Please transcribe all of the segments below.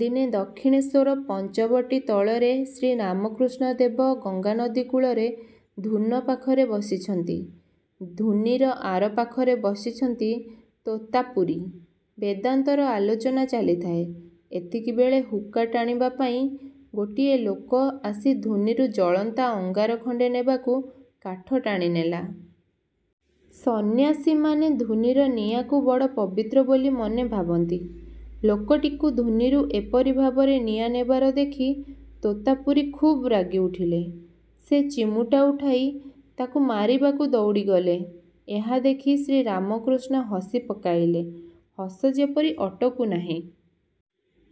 ଦିନେ ଦକ୍ଷିଣେଶ୍ୱର ପଞ୍ଚବଟୀ ତଳରେ ଶ୍ରୀରାମକୃଷ୍ଣ ଦେବ ଗଙ୍ଗାନଦୀ କୂଳରେ ଧୁନ ପାଖରେ ବସିଛନ୍ତି। ଧୁନିର ଆର ପାଖରେ ବସିଛନ୍ତି ତୋତାପୁରୀ। ବେଦାନ୍ତର ଆଲୋଚନା ଚାଲିଥାଏ। ଏତିକିବେଳେ ହୁକା ଟାଣିବା ପାଇଁ ଗୋଟିଏ ଲୋକ ଆସି ଧୁନିରୁ ଜଳନ୍ତା ଅଙ୍ଗାର ଖଣ୍ତେ ନେବାକୁ କାଠ ଟାଣି ନେଲା। ସନ୍ନ୍ୟାସୀମାନେ ଧୁନିର ନିଆଁକୁ ବଡ଼ ପବିତ୍ର ବୋଲି ମନେ ଭାବନ୍ତି। ଲୋକଟିକୁ ଧୁନିରୁ ଏପରି ଭାବରେ ନିଆଁ ନେବାର ଦେଖି ତୋତାପୁରୀ ଖୁବ୍ ରାଗି ଉଠିଲେ। ସେ ଚିମୁଟା ଉଠାଇ ତାକୁ ମାରିବାକୁ ଦଉଡ଼ିଗଲେ। ଏହା ଦେଖି ଶ୍ରୀରାମକୃଷ୍ଣ ହସି ପକାଇଲେ। ହସ ଯେପରି ଅଟକୁ ନାହିଁ।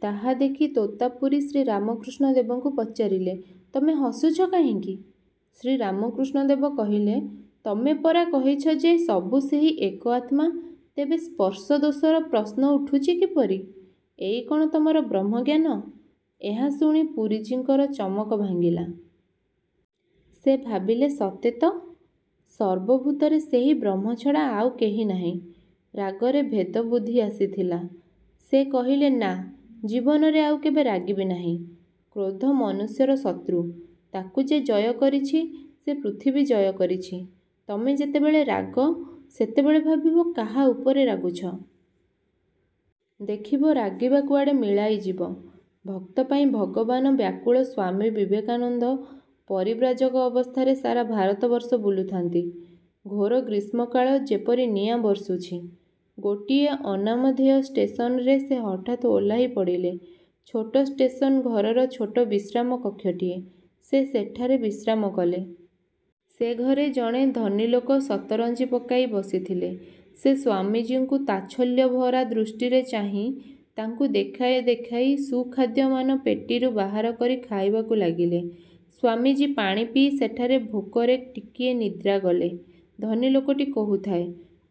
ତାହା ଦେଖି ତୋତାପୁରୀ ଶ୍ରୀରାମକୃଷ୍ଣ ଦେବଙ୍କୁ ପଚାରିଲେ—''ତମେ ହସୁଛ କାହିଁକି? '' ଶ୍ରୀରାମକୃଷ୍ଣ ଦେବ କହିଲେ—''ତମେ ପରା କହିଛ ଯେ ସବୁ ସେହି ଏକ ଆତ୍ମା—ତେବେ ସ୍ପର୍ଶ ଦୋଷର ପ୍ରଶ୍ନ ଉଠୁଛି କିପରି? ଏଇ କ'ଣ ତମର ବ୍ରହ୍ମଜ୍ଞାନ? '' ଏହା ଶୁଣି ପୁରୀଜୀଙ୍କର ଚମକ ଭାଙ୍ଗିଲା। ସେ ଭାବିଲେ—ସତେ ତ! ସର୍ବଭୂତରେ ସେହି ବ୍ରହ୍ମ ଛଡ଼ା ଆଉ କେହି ନାହିଁ। ରାଗରେ ଭେଦବୁଦ୍ଧି ଆସିଥିଲା। ସେ କହିଲେ—''ନା, ଜୀବନରେ ଆଉ କେବେ ରାଗିବି ନାହିଁ। '' କ୍ରୋଧ ମନୁଷ୍ୟର ଶତ୍ରୁ। ତାକୁ ଯେ ଜୟ କରିଛି, ସେ ପୃଥିବୀ ଜୟ କରିଛି। ତମେ ଯେତେବେଳେ ରାଗ, ସେତେବେଳେ ଭାବିବ କାହା ଉପରେ ରାଗୁଛ? ଦେଖିବ ରାଗିବା କୁଆଡ଼େ ମିଳାଇଯିବ। ଭକ୍ତପାଇଁ ଭଗବାନ ବ୍ୟାକୁଳ ସ୍ୱାମୀ ବିବେକାନନ୍ଦ ପରିବ୍ରାଜକ ଅବସ୍ଥାରେ ସାରା ଭାରତବର୍ଷ ବୁଲୁଥାନ୍ତି। ଘୋର ଗ୍ରୀଷ୍ମକାଳ, ଯେପରି ନିଆଁ ବର୍ଷୁଛି। ଗୋଟିଏ ଅନାମଧେୟ ଷ୍ଟେସନରେ ସେ ହଠାତ୍ ଓହ୍ଲାଇ ପଡ଼ିଲେ। ଛୋଟ ଷ୍ଟେସନ ଘରର ଛୋଟ ବିଶ୍ରାମ କକ୍ଷଟିଏ। ସେ ସେଠାରେ ବିଶ୍ରାମ କଲେ। ସେ ଘରେ ଜଣେ ଧନୀ ଲୋକ ସତରଞ୍ଜି ପକାଇ ବସିଥିଲେ। ସେ ସ୍ୱାମୀଜୀଙ୍କୁ ତାଚ୍ଛଲ୍ୟଭରା ଦୃଷ୍ଟିରେ ଚାହିଁ ତାଙ୍କୁ ଦେଖାଇ ଦେଖାଇ ସୁଖାଦ୍ୟମାନ ପେଟିରୁ ବାହାର କରି ଖାଇବାକୁ ଲାଗିଲେ। ସ୍ୱାମୀଜୀ ପାଣି ପିଇ ସେଠାରେ ଭୋକରେ ଟିକିଏ ନିଦ୍ରା ଗଲେ। ଧନୀ ଲୋକଟି କହୁଥାଏ—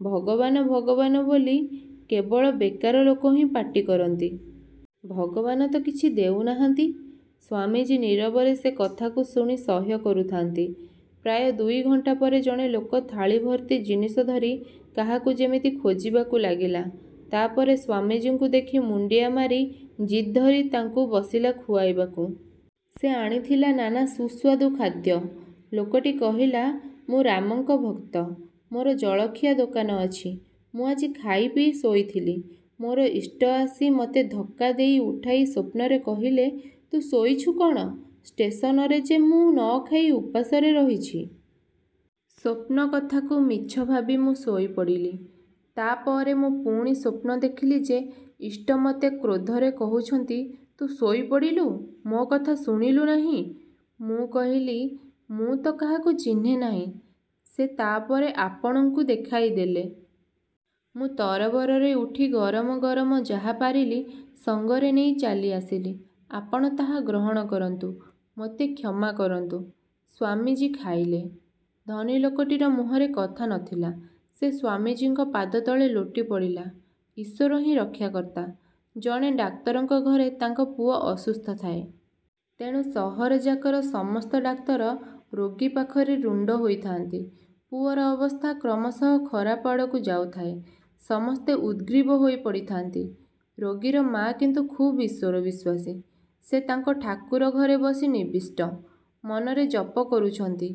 ''ଭଗବାନ ଭଗବାନ ବୋଲି କେବଳ ବେକାର ଲୋକହିଁ ପାଟି କରନ୍ତି। ଭଗବାନତ କିଛି ଦେଉ ନାହାନ୍ତି? '' ସ୍ୱାମୀଜୀ ନୀରବରେ ସେ କଥାକୁ ଶୁଣି ସହ୍ୟ କରୁଥାନ୍ତି। ପ୍ରାୟ ଦୁଇଘଣ୍ଟା ପରେ ଜଣେ ଲୋକ ଥାଳି-ଭର୍ତ୍ତି ଜିନିଷ ଧରି କାହାକୁ ଯେମିତି ଖୋଜିବାକୁ ଲାଗିଲା। ତା' ପରେ ସ୍ୱାମୀଜୀଙ୍କୁ ଦେଖି ମୁଣ୍ତିଆ ମାରି ଜିଦ୍ଧରି ତାଙ୍କୁ ବସିଲା ଖୁଆଇବାକୁ। ସେ ଆଣିଥିଲା ନାନା ସୁସ୍ୱାଦୁ ଖାଦ୍ୟ। ଲୋକଟି କହିଲା— ''ମୁଁ ରାମଙ୍କ ଭକ୍ତ। ମୋର ଜଳଖିଆ ଦୋକାନ ଅଛି। ମୁଁ ଆଜି ଖାଇପିଇ ଶୋଇଥିଲି। ମୋର ଇଷ୍ଟ ଆସି ମୋତେ ଧକ୍କା ଦେଇ ଉଠାଇ ସ୍ୱପ୍ନରେ କହିଲେ—'ତୁ ଶୋଇଛୁ କ'ଣ? ଷ୍ଟେସନରେ ଯେ ମୁଁ ନ ଖାଇ ଉପାସରେ ରହିଛି। ' ସ୍ୱପ୍ନ କଥାକୁ ମିଛ ଭାବି ମୁଁ ଶୋଇପଡ଼ିଲି। ତା' ପରେ ମୁଁ ପୁଣି ସ୍ୱପ୍ନ ଦେଖିଲି ଯେ ଇଷ୍ଟ ମୋତେ କ୍ରୋଧରେ କହୁଛନ୍ତି 'ତୁ ଶୋଇପଡ଼ିଲୁ, ମୋ କଥା ଶୁଣିଲୁ ନାହିଁ। ' ମୁଁ କହିଲି, 'ମୁଁ ତ କାହାକୁ ଚିହ୍ନେ ନାହିଁ। ' ସେ ତା' ପରେ ଆପଣଙ୍କୁ ଦେଖାଇ ଦେଲେ। ମୁଁ ତରବରରେ ଉଠି ଗରମ ଗରମ ଯାହା ପାରିଲି, ସଙ୍ଗରେ ନେଇ ଚାଲି ଆସିଲି। ଆପଣ ତାହା ଗ୍ରହଣ କରନ୍ତୁ। ମୋତେ କ୍ଷମା କରନ୍ତୁ। '' ସ୍ୱାମୀଜୀ ଖାଇଲେ। ଧନୀ ଲୋକଟିର ମୁହଁରେ କଥା ନ ଥିଲା। ସେ ସ୍ୱାମୀଜୀଙ୍କ ପାଦତଳେ ଲୋଟି ପଡ଼ିଲା। ଈଶ୍ୱର ହିଁ ରକ୍ଷାକର୍ତ୍ତା ଜଣେ ଡାକ୍ତରଙ୍କ ଘରେ ତାଙ୍କ ପୁଅ ଅସୁସ୍ଥ ଥାଏ। ତେଣୁ ସହରଯାକର ସମସ୍ତ ଡାକ୍ତର ରୋଗୀ ପାଖରେ ରୁଣ୍ତ ହୋଇଥାନ୍ତି। ପୁଅର ଅବସ୍ଥା କ୍ରମଶଃ ଖରାପ ଆଡ଼କୁ ଯାଉଥାଏ। ସମସ୍ତେ ଉଦ୍ଗ୍ରୀବ ହୋଇ ପଡ଼ିଥାନ୍ତି। ରୋଗୀର ମା କିନ୍ତୁ ଖୁବ୍ ଈଶ୍ୱରବିଶ୍ୱାସୀ। ସେ ତାଙ୍କ ଠାକୁରଘରେ ବସି ନିବିଷ୍ଟ। ମନରେ ଜପ କରୁଛନ୍ତି।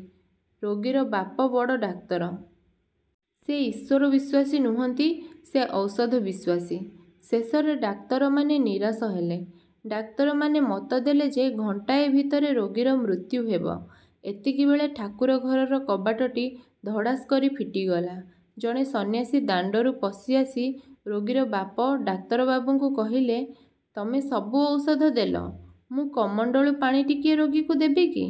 ରୋଗୀର ବାପ ବଡ଼ ଡାକ୍ତର। ସେ ଈଶ୍ୱର-ବିଶ୍ୱାସୀ ନୁହନ୍ତି, ସେ ଔଷଧ-ବିଶ୍ୱାସୀ। ଶେଷରେ ଡାକ୍ତରମାନେ ନିରାଶ ହେଲେ। ଡାକ୍ତରମାନେ ମତ ଦେଲେ ଯେ ଘଣ୍ଟାଏ ଭିତରେ ରୋଗୀର ମୃତ୍ୟୁ ହେବ। ଏତିକିବେଳେ ଠାକୁରଘରର କବାଟଟି ଧଡ଼ାସ୍ କରି ଫିଟିଗଲା। ଜଣେ ସନ୍ନ୍ୟାସୀ ଦାଣ୍ତରୁ ପଶି ଆସି ରୋଗୀର ବାପ ଡାକ୍ତରବାବୁଙ୍କୁ କହିଲେ—''ତମେ ସବୁ ଔଷଧ ଦେଲ, ମୁଁ କମଣ୍ତଳୁ ପାଣି ଟିକିଏ ରୋଗୀକୁ ଦେବିକି?